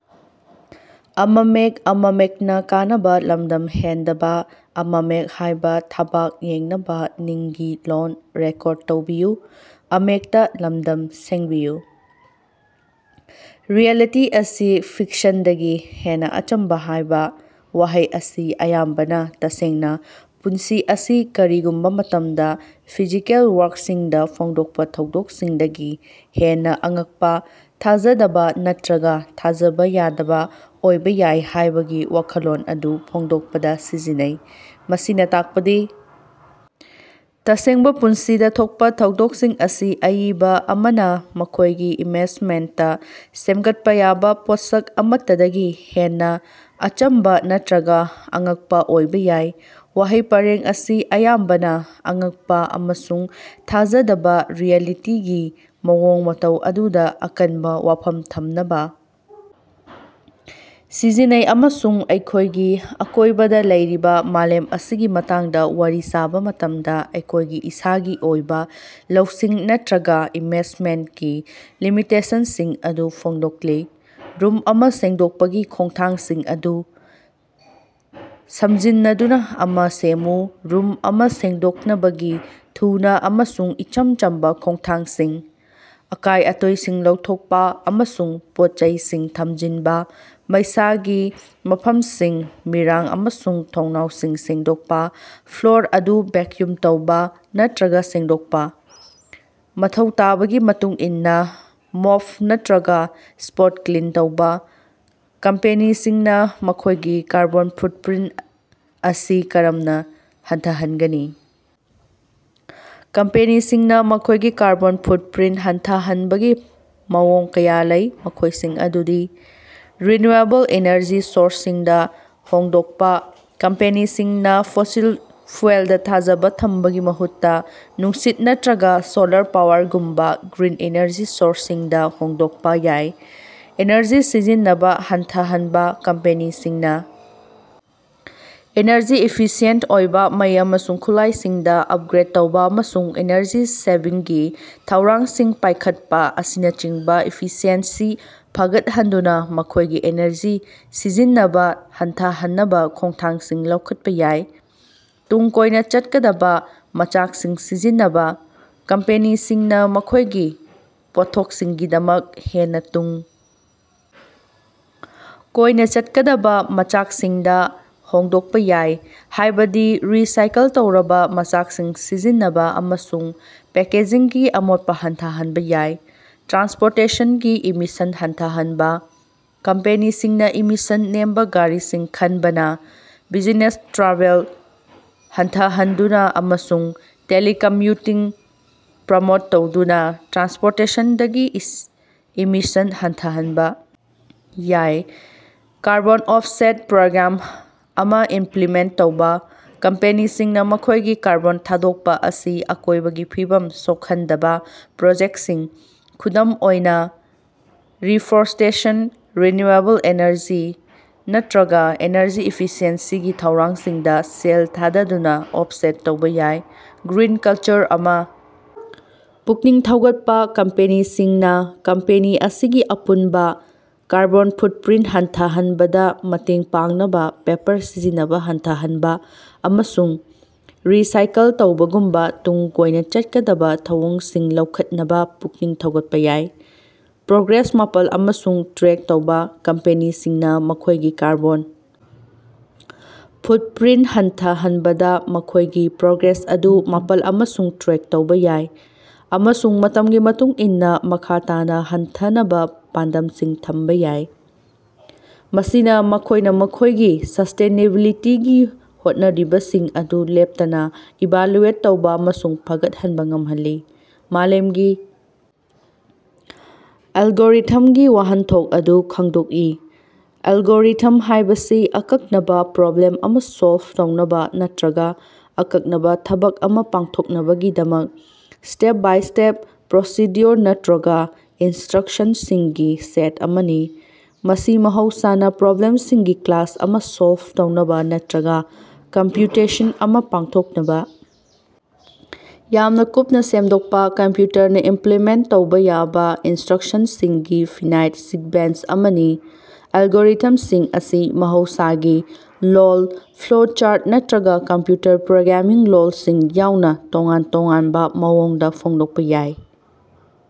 Reality ꯑꯁꯤ ꯐꯤꯛꯁꯟꯗꯒꯤ ꯍꯦꯟꯅꯥ ꯑꯆꯝꯕ ꯍꯥꯏꯕ ꯋꯥꯍꯩ ꯑꯁꯤ ꯑꯌꯥꯝꯕꯅ ꯇꯁꯦꯡꯅꯥ ꯄꯨꯟꯁꯤ ꯑꯁꯤ ꯀꯔꯤꯒꯨꯝꯕ ꯃꯇꯝꯗꯥ ꯐꯤꯖꯤꯀꯦꯜ ꯋꯥꯔꯛꯁꯤꯡꯗꯥ ꯐꯣꯡꯗꯣꯛꯄꯥ ꯊꯧꯗꯣꯛꯁꯤꯡꯗꯒꯤ ꯍꯦꯟꯅꯥ ꯑꯉꯛꯄꯥ, ꯊꯥꯖꯗꯕꯥ ꯅꯠꯇ꯭ꯔꯒꯥ ꯊꯥꯖꯕ ꯌꯥꯗꯕ ꯑꯣꯏꯕ ꯌꯥꯏ ꯍꯥꯏꯕꯒꯤ ꯋꯥꯈꯜꯂꯣꯟ ꯑꯗꯨ ꯐꯣꯡꯗꯣꯛꯄꯗꯥ ꯁꯤꯖꯤꯟꯅꯩ꯫ ꯃꯁꯤꯅ ꯇꯥꯛꯄꯗꯤ ꯇꯁꯦꯡꯕꯥ ꯄꯨꯟꯁꯤꯗꯥ ꯊꯣꯛꯄꯥ ꯊꯧꯗꯣꯛꯁꯤꯡ ꯑꯁꯤ ꯑꯏꯕꯥ ꯑꯃꯅ ꯃꯈꯣꯏꯒꯤ ꯏꯃꯦꯖꯃꯦꯟꯇꯥ ꯁꯦꯝꯒꯠꯄꯥ ꯌꯥꯕ ꯄꯣꯠꯁꯛ ꯑꯃꯠꯇꯗꯒꯤ ꯍꯦꯟꯅꯥ ꯑꯆꯝꯕꯥ ꯅꯠꯇ꯭ꯔꯒꯥ ꯑꯉꯛꯄꯥ ꯑꯣꯏꯕ ꯌꯥꯏ꯫ ꯋꯥꯍꯩ ꯄꯔꯦꯡ ꯑꯁꯤ ꯑꯌꯥꯝꯕꯅ ꯑꯉꯛꯄꯥ ꯑꯃꯁꯨꯡ ꯊꯥꯖꯗꯕꯥ ꯔꯤꯑꯦꯂꯤꯇꯤꯒꯤ ꯃꯑꯣꯡ ꯃꯇꯧ ꯑꯗꯨꯗꯥ ꯑꯀꯟꯕꯥ ꯋꯥꯐꯝ ꯊꯝꯅꯕꯥ ꯁꯤꯖꯤꯟꯅꯩ, ꯑꯃꯁꯨꯡ ꯑꯩꯈꯣꯏꯒꯤ ꯑꯀꯣꯏꯕꯗꯥ ꯂꯩꯔꯤꯕ ꯃꯥꯂꯦꯝ ꯑꯁꯤꯒꯤ ꯃꯇꯥꯡꯗ ꯋꯥꯔꯤ ꯁꯥꯕ ꯃꯇꯝꯗꯥ ꯑꯩꯈꯣꯏꯒꯤ ꯏꯁꯥꯒꯤ ꯑꯣꯏꯕ ꯂꯧꯁꯤꯡ ꯅꯠꯇ꯭ꯔꯒꯥ ꯏꯃꯦꯖꯃꯦꯟꯀꯤ ꯂꯤꯃꯤꯇꯦꯁꯟꯁꯤꯡ ꯑꯗꯨ ꯐꯣꯡꯗꯣꯛꯂꯤ꯫ ꯔꯨꯝ ꯑꯃ ꯁꯦꯡꯗꯣꯛꯄꯒꯤ ꯈꯣꯡꯊꯥꯡꯁꯤꯡ ꯑꯗꯨ ꯁꯃꯖꯤꯟꯅꯗꯨꯅꯥ ꯑꯃ ꯁꯦꯝꯃꯨ꯫ ꯔꯨꯝ ꯑꯃ ꯁꯦꯡꯗꯣꯛꯅꯕꯒꯤ ꯊꯨꯅꯥ ꯑꯃꯁꯨꯡ ꯏꯆꯝ ꯆꯝꯕꯥ ꯈꯣꯡꯊꯥꯡꯁꯤꯡ: ꯑꯀꯥꯏ-ꯑꯇꯣꯏꯁꯤꯡ ꯂꯧꯊꯣꯛꯄꯥ ꯑꯃꯁꯨꯡ ꯄꯣꯠ-ꯆꯩꯁꯤꯡ ꯊꯝꯖꯤꯟꯕꯥ ꯃꯩꯁꯥꯒꯤ ꯃꯐꯝꯁꯤꯡ ꯃꯤꯔꯥꯡ ꯑꯃꯁꯨꯡ ꯊꯣꯡꯅꯥꯎꯁꯤꯡ ꯁꯦꯡꯗꯣꯛꯄꯥ ꯐ꯭ꯂꯣꯔ ꯑꯗꯨ ꯚꯦꯛꯌꯨꯝ ꯇꯧꯕ ꯅꯠꯇ꯭ꯔꯒꯥ ꯁꯦꯡꯗꯣꯛꯄꯥ ꯫ꯃꯊꯧ ꯇꯥꯕꯒꯤ ꯃꯇꯨꯡꯏꯟꯅꯥ ꯃꯣꯞ ꯅꯠꯇ꯭ꯔꯒꯥ ꯁ꯭ꯄꯣꯠ ꯀ꯭ꯂꯤꯟ ꯇꯧꯕ꯫ ꯀꯝꯄꯦꯅꯤꯁꯤꯡꯅꯥ ꯃꯈꯣꯏꯒꯤ ꯀꯥꯔꯕꯣꯟ ꯐꯨꯠꯄ꯭ꯔꯤꯟ ꯑꯁꯤ ꯀꯔꯝꯅꯥ ꯍꯟꯊꯍꯟꯒꯅꯤ? ꯀꯝꯄꯦꯅꯤꯁꯤꯡꯅꯥ ꯃꯈꯣꯏꯒꯤ ꯀꯥꯔꯕꯣꯟ ꯐꯨꯠꯄ꯭ꯔꯤꯟ ꯍꯟꯊꯍꯟꯕꯒꯤ ꯃꯑꯣꯡ ꯀꯌꯥ ꯂꯩ, ꯃꯈꯣꯏꯁꯤꯡ ꯑꯗꯨꯗꯤ: ꯔꯤꯟꯌꯨꯑꯦꯕꯜ ꯏꯅꯔꯖꯤ ꯁꯣꯔꯁꯁꯤꯡꯗꯥ ꯍꯣꯡꯗꯣꯛꯄꯥ: ꯀꯝꯄꯦꯅꯤꯁꯤꯡꯅꯥ ꯐꯣꯁꯤꯜ ꯐ꯭ꯌꯨꯑꯦꯜꯗꯥ ꯊꯥꯖꯕ ꯊꯝꯕꯒꯤ ꯃꯍꯨꯠꯇꯥ ꯅꯨꯡꯁꯤꯠ ꯅꯠꯇ꯭ꯔꯒꯥ ꯁꯣꯂꯥꯔ ꯄꯥꯋꯔꯒꯨꯝꯕꯥ ꯒ꯭ꯔꯤꯟ ꯏꯅꯔꯖꯤ ꯁꯣꯔꯁꯁꯤꯡꯗꯥ ꯍꯣꯡꯗꯣꯛꯄ ꯌꯥꯏ꯫ ꯏꯅꯔꯖꯤ ꯁꯤꯖꯤꯟꯅꯕꯥ ꯍꯟꯊꯍꯟꯕꯥ: ꯀꯝꯄꯦꯅꯤꯁꯤꯡꯅꯥ ꯏꯅꯔꯖꯤ ꯏꯐꯤꯁꯤꯌꯦꯟ ꯑꯣꯏꯕ ꯃꯩ ꯑꯃꯁꯨꯡ ꯈꯨꯠꯂꯥꯏꯁꯤꯡꯗ ꯑꯞꯒ꯭ꯔꯦꯠ ꯇꯧꯕ, ꯑꯃꯁꯨꯡ ꯏꯅꯔꯖꯤ ꯁꯦꯚꯤꯡꯒꯤ ꯊꯧꯔꯥꯡꯁꯤꯡ ꯄꯥꯏꯈꯠꯄ ꯑꯁꯤꯅꯆꯤꯡꯕ ꯏꯐꯤꯁꯤꯑꯦꯟꯁꯤ ꯐꯒꯠꯍꯟꯗꯨꯅꯥ ꯃꯈꯣꯏꯒꯤ ꯏꯅꯔꯖꯤ ꯁꯤꯖꯤꯟꯅꯕꯥ ꯍꯟꯊꯍꯟꯅꯕꯥ ꯈꯣꯡꯊꯥꯡꯁꯤꯡ ꯂꯧꯈꯠꯄꯥ ꯌꯥꯏ꯫ ꯇꯨꯡ ꯀꯣꯏꯅꯥ ꯆꯠꯀꯗꯕꯥ ꯃꯆꯥꯛꯁꯤꯡ ꯁꯤꯖꯤꯟꯅꯕꯥ: ꯀꯝꯄꯦꯅꯤꯁꯤꯡꯅꯥ ꯃꯈꯣꯏꯒꯤ ꯄꯣꯠꯊꯣꯛꯁꯤꯡꯒꯤꯗꯃꯛ ꯍꯦꯟꯅꯥ ꯇꯨꯡ ꯀꯣꯏꯅꯥ ꯆꯠꯀꯗꯕꯥ ꯃꯆꯥꯛꯁꯤꯡꯗꯥ ꯍꯣꯡꯗꯣꯛꯄꯥ ꯌꯥꯏ, ꯍꯥꯏꯕꯗꯤ ꯔꯤꯁꯥꯏꯀꯜ ꯇꯧꯔꯕꯥ ꯃꯆꯥꯛꯁꯤꯡ ꯁꯤꯖꯤꯟꯅꯕꯥ, ꯑꯃꯁꯨꯡ ꯄꯦꯀꯦꯖꯤꯡꯒꯤ ꯑꯃꯣꯠꯄꯥ ꯍꯟꯊꯍꯟꯕꯥ ꯌꯥꯏ꯫ ꯇ꯭ꯔꯥꯟꯁꯄꯣꯔꯇꯦꯁꯟꯒꯤ ꯏꯃꯤꯁꯟ ꯍꯟꯊꯍꯟꯕꯥ: ꯀꯝꯄꯦꯅꯤꯁꯤꯡꯅꯥ ꯏꯃꯤꯁꯟ ꯅꯦꯝꯕꯥ ꯒꯥꯔꯤꯁꯤꯡ ꯈꯟꯕꯅꯥ, ꯕꯤꯖꯤꯅꯦꯁ ꯇ꯭ꯔꯥꯚꯦꯜ ꯍꯟꯊꯍꯟꯗꯨꯅꯥ, ꯑꯃꯁꯨꯡ ꯇꯦꯂꯤꯀꯝꯌꯨꯇꯤꯡ ꯄ꯭ꯔꯃꯣꯠ ꯇꯧꯗꯨꯅꯥ ꯇ꯭ꯔꯥꯟꯁꯄꯣꯔꯇꯦꯁꯟꯗꯒꯤ ꯏꯃꯤꯁꯟ ꯍꯟꯊꯍꯟꯕꯥ ꯌꯥꯏ꯫ ꯀꯥꯔꯕꯣꯟ ꯑꯣꯐꯁꯦꯠ ꯄ꯭ꯔꯣꯒ꯭ꯔꯥꯝ ꯑꯃ ꯏꯃꯄ꯭ꯂꯤꯃꯦꯟ ꯇꯧꯕ: ꯀꯝꯄꯦꯅꯤꯁꯤꯡꯅꯥ ꯃꯈꯣꯏꯒꯤ ꯀꯥꯔꯕꯣꯟ ꯊꯥꯗꯣꯛꯄꯥ ꯑꯁꯤ ꯑꯀꯣꯏꯕꯒꯤ ꯐꯤꯚꯝ ꯁꯣꯛꯍꯟꯗꯕꯥ ꯄ꯭ꯔꯣꯖꯦꯛꯁꯤꯡ, ꯈꯨꯗꯝ ꯑꯣꯏꯅ ꯔꯤꯐꯣꯔꯁ꯭ꯇꯦꯁꯟ, ꯔꯤꯟꯌꯨꯑꯦꯕꯜ ꯏꯅꯔꯖꯤ, ꯅꯠꯇ꯭ꯔꯒꯥ ꯏꯅꯔꯖꯤ ꯏꯐꯤꯁꯤꯑꯦꯟꯁꯤꯒꯤ ꯊꯧꯔꯥꯡꯁꯤꯡꯗꯥ ꯁꯦꯜ ꯊꯥꯗꯗꯨꯅꯥ ꯑꯣꯐꯁꯦꯠ ꯇꯧꯕ ꯌꯥꯏ꯫ ꯒ꯭ꯔꯤꯟ ꯀꯜꯆꯔ ꯑꯃ ꯄꯨꯛꯅꯤꯡ ꯊꯧꯒꯠꯄꯥ: ꯀꯝꯄꯦꯅꯤꯁꯤꯡꯅꯥ ꯀꯝꯄꯦꯅꯤ ꯑꯁꯤꯒꯤ ꯑꯄꯨꯟꯕꯥ ꯀꯥꯔꯕꯣꯟ ꯐꯨꯠꯄ꯭ꯔꯤꯟ ꯍꯟꯊꯍꯟꯕꯗꯥ ꯃꯇꯦꯡ ꯄꯥꯡꯅꯕ ꯄꯦꯄꯔ ꯁꯤꯖꯤꯟꯅꯕꯥ ꯍꯟꯊꯍꯟꯕꯥ ꯑꯃꯁꯨꯡ ꯔꯤꯁꯥꯏꯀꯜ ꯇꯧꯕꯒꯨꯝꯕꯥ ꯇꯨꯡ ꯀꯣꯏꯅꯥ ꯆꯠꯀꯗꯕꯥ ꯊꯧꯑꯣꯡꯁꯤꯡ ꯂꯧꯈꯠꯅꯕꯥ ꯄꯨꯛꯅꯤꯡ ꯊꯧꯒꯠꯄꯥ ꯌꯥꯏ꯫ ꯄ꯭ꯔꯣꯒ꯭ꯔꯦꯁ ꯃꯥꯄꯜ ꯑꯃꯁꯨꯡ ꯇ꯭ꯔꯦꯛ ꯇꯧꯕ: ꯀꯝꯄꯦꯅꯤꯁꯤꯡꯅꯥ ꯃꯈꯣꯏꯒꯤ ꯀꯥꯔꯕꯣꯟ ꯐꯨꯠꯄ꯭ꯔꯤꯟ ꯍꯟꯊꯍꯟꯕꯗꯥ ꯃꯈꯣꯏꯒꯤ ꯄ꯭ꯔꯣꯒ꯭ꯔꯦꯁ ꯑꯗꯨ ꯃꯥꯄꯜ ꯑꯃꯁꯨꯡ ꯇ꯭ꯔꯦꯛ ꯇꯧꯕ ꯌꯥꯏ, ꯑꯃꯁꯨꯡ ꯃꯇꯝꯒꯤ ꯃꯇꯨꯡ ꯏꯟꯅꯥ ꯃꯈꯥ ꯇꯥꯅꯥ ꯍꯟꯊꯍꯟꯅꯕꯥ ꯄꯥꯟꯗꯝꯁꯤꯡ ꯊꯝꯕꯥ ꯌꯥꯏ꯫ ꯃꯁꯤꯅ ꯃꯈꯣꯏꯅ ꯃꯈꯣꯏꯒꯤ ꯁꯁ꯭ꯇꯦꯅꯦꯕꯤꯂꯤꯇꯤꯒꯤ ꯍꯣꯠꯅꯔꯤꯕꯁꯤꯡ ꯑꯗꯨ ꯂꯦꯞꯇꯅꯥ ꯏꯚꯥꯂꯨꯑꯦꯠ ꯇꯧꯕ ꯑꯃꯁꯨꯡ ꯐꯒꯠꯍꯟꯕꯥ ꯉꯝꯍꯜꯂꯤ꯫ ꯃꯥꯂꯦꯝꯒꯤ 'ꯑꯦꯜꯒꯣꯔꯤꯊꯝ'ꯒꯤ ꯋꯥꯍꯟꯊꯣꯛ ꯑꯗꯨ ꯈꯪꯗꯣꯛꯎ꯫ ꯑꯦꯜꯒꯣꯔꯤꯊꯝ ꯍꯥꯏꯕꯁꯤ ꯑꯀꯛꯅꯕꯥ ꯄ꯭ꯔꯣꯕ꯭ꯂꯦꯝ ꯑꯃ ꯁꯣꯜꯕ ꯇꯧꯅꯕꯥ ꯅꯠꯇ꯭ꯔꯒꯥ ꯑꯀꯛꯅꯕꯥ ꯊꯕꯛ ꯑꯃ ꯄꯥꯡꯊꯣꯛꯅꯕꯒꯤꯗꯃꯛ ꯁ꯭ꯇꯦꯞ-ꯕꯥꯏ-ꯁ꯭ꯇꯦꯞ ꯄ꯭ꯔꯣꯁꯤꯗ꯭ꯌꯨꯑꯣꯔ ꯅꯠꯇ꯭ꯔꯒꯥ ꯏꯟꯁꯇ꯭ꯔꯛꯁꯟꯁꯤꯡꯒꯤ ꯁꯦꯠ ꯑꯃꯅꯤ꯫ ꯃꯁꯤ ꯃꯍꯧꯁꯥꯅ ꯄ꯭ꯔꯣꯕ꯭ꯂꯦꯝꯁꯤꯡꯒꯤ ꯀ꯭ꯂꯥꯁ ꯑꯃ ꯁꯣꯜꯕ ꯇꯧꯅꯕꯥ ꯅꯠꯇ꯭ꯔꯒꯥ ꯀꯝꯄ꯭ꯌꯨꯇꯦꯁꯟ ꯑꯃ ꯄꯥꯡꯊꯣꯛꯅꯕꯥ ꯌꯥꯝꯅ ꯀꯨꯞꯅꯥ ꯁꯦꯝꯗꯣꯛꯄꯥ, ꯀꯝꯄ꯭ꯌꯨꯇꯔꯅꯥ ꯏꯝꯄ꯭ꯂꯤꯃꯦꯟ ꯇꯧꯕ ꯌꯥꯕ ꯏꯟꯁꯇ꯭ꯔꯛꯁꯟꯁꯤꯡꯒꯤ ꯐꯤꯅꯥꯏꯠ ꯁꯤꯛꯕꯦꯟꯁ ꯑꯃꯅꯤ꯫ ꯑꯦꯜꯒꯣꯔꯤꯊꯝꯁꯤꯡ ꯑꯁꯤ ꯃꯍꯧꯁꯥꯒꯤ ꯂꯣꯜ, ꯐ꯭ꯂꯣꯆꯥꯔꯠ ꯅꯠꯇ꯭ꯔꯒꯥ ꯀꯝꯄ꯭ꯌꯨꯇꯔ ꯄ꯭ꯔꯣꯒ꯭ꯔꯥꯃꯤꯡ ꯂꯣꯜꯁꯤꯡ ꯌꯥꯎꯅ ꯇꯣꯉꯥꯟ ꯇꯣꯉꯥꯟꯕ ꯃꯑꯣꯡꯗ ꯐꯣꯡꯗꯣꯛꯄꯥ ꯌꯥꯏ꯫